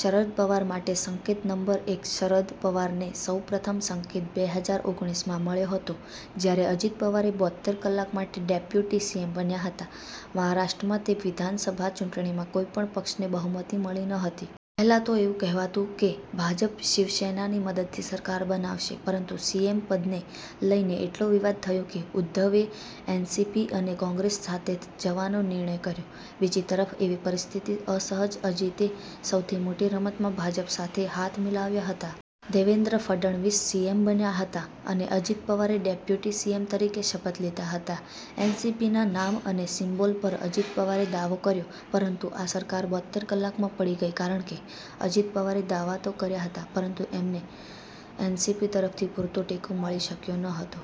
શરદ પવાર માટે સંકેત નંબર એક શરદ પવારને સૌ પ્રથમ સંકેત બે હજાર ઓગણીસ માં મળ્યો હતો જ્યારે અજિત પવારે બોત્તેર કલાક માટે ડેપ્યુટી સીએમ બન્યા હતા. મહારાષ્ટ્રમાં તે વિધાનસભા ચૂંટણીમાં કોઈ પણ પક્ષને બહુમતી મળી ન હતી. પહેલા તો એવું કહેવાતું હતું કે ભાજપ શિવસેનાની મદદથી સરકાર બનાવશે, પરંતુ સીએમ પદને લઈને એટલો વિવાદ થયો કે ઉદ્ધવે એનસીપી અને કોંગ્રેસ સાથે જવાનો નિર્ણય કર્યો. બીજી તરફ એવી પરિસ્થિતિથી અસહજ અજિતે સૌથી મોટી રમતમાં ભાજપ સાથે હાથ મિલાવ્યા હતા. દેવેન્દ્ર ફડણવીસ સીએમ બન્યા હતા અને અજિત પવારે ડેપ્યુટી સીએમ તરીકે શપથ લીધા હતા. એનસીપીના નામ અને સિમ્બોલ પર અજિત પવારે દાવો કર્યો પરંતુ આ સરકાર બોત્તેર કલાકમાં પડી ગઈ કારણ કે અજિત પવારે દાવા તો કર્યા હતા પરંતુ તેમને એનસીપી તરફથી પૂરતો ટેકો મળી શક્યો ન હતો.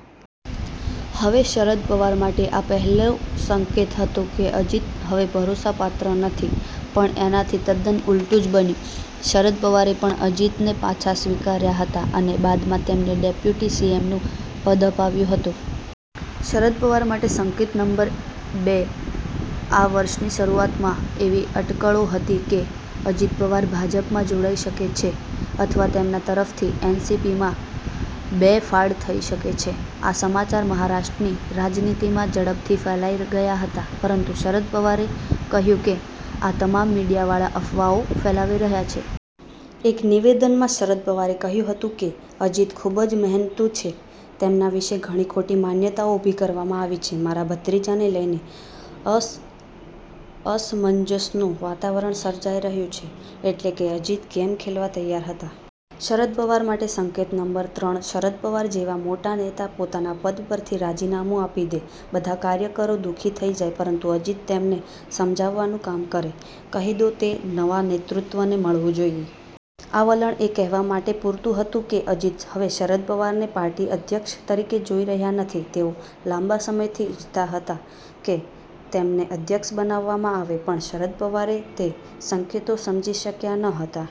હવે શરદ પવાર માટે આ પહેલો સંકેત હતો કે અજિત હવે ભરોસાપાત્ર નથી. પણ એનાથી તદ્દન ઊલટું જ બન્યું. શરદ પવારે પણ અજિતને પાછા સ્વીકાર્યા હતા અને બાદમાં તેમને ડેપ્યુટી સીએમનું પદ અપાવ્યું હતું. શરદ પવાર માટે સંકેત નંબર બે આ વર્ષની શરૂઆતમાં એવી અટકળો હતી કે અજિત પવાર ભાજપમાં જોડાઈ શકે છે અથવા તેમના તરફથી એનસીપીમાં બે ફાડ થઈ શકે છે. આ સમાચાર મહારાષ્ટ્રની રાજનીતિમાં ઝડપથી ફેલાઈ ગયા હતા, પરંતુ શરદ પવારે કહ્યું કે આ તમામ મીડિયાવાળા અફવાઓ ફેલાવી રહ્યા છે. એક નિવેદનમાં શરદ પવારે કહ્યું હતું કે અજિત ખૂબ જ મહેનતુ છે, તેમના વિશે ઘણી ખોટી માન્યતાઓ ઉભી કરવામાં આવી છે. મારા ભત્રીજાને લઈને અસમંજસનું વાતાવરણ સર્જાઈ રહ્યું છે. એટલે કે અજીત ગેમ ખેલવા તૈયાર હતા. શરદ પવાર માટે સંકેત નંબર ત્રણ શરદ પવાર જેવા મોટા નેતા પોતાના પદ પરથી રાજીનામું આપી દે, બધા કાર્યકરો દુઃખી થઇ જાય પરંતુ અજિત તેમને સમજાવવાનું કામ કરે. કહી દો તે નવા નેતૃત્વને મળવું જોઈએ. આ વલણ એ કહેવા માટે પુરતું હતું કે અજિત હવે શરદ પવારને પાર્ટી અધ્યક્ષ તરીકે જોઇ રહ્યા નથી. તેઓ લાંબા સમયથી ઈચ્છતા હતા કે તેમને અધ્યક્ષ બનાવવામાં આવે. પણ શરદ પવાર તે સંકેતો સમજી શક્યા ન હતા.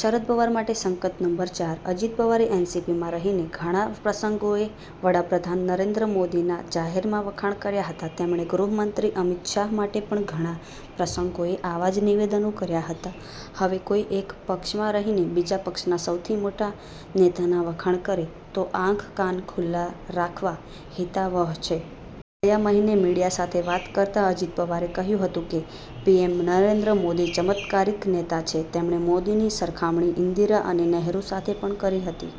શરદ પવાર માટે સંકેત નંબર ચાર અજિત પવારે એનસીપીમાં રહીને ઘણા પ્રસંગોએ વડાપ્રધાન નરેન્દ્ર મોદીના જાહેરમાં વખાણ કર્યા હતા. તેમણે ગૃહમંત્રી અમિત શાહ માટે પણ ઘણા પ્રસંગોએ આવા જ નિવેદનો કર્યા હતા. હવે કોઈ એક પક્ષમાં રહીને બીજા પક્ષના સૌથી મોટા નેતાના વખાણ કરે તો આંખ-કાન ખુલ્લા રાખવા હિતાવહ છે. ગયા મહિને મીડિયા સાથે વાત કરતા અજિત પવારે કહ્યું હતું કે પીએમ નરેન્દ્ર મોદી ચમત્કારીક નેતા છે. તેમણે મોદીની સરખામણી ઈન્દિરા અને નેહરુ સાથે પણ કરી હતી.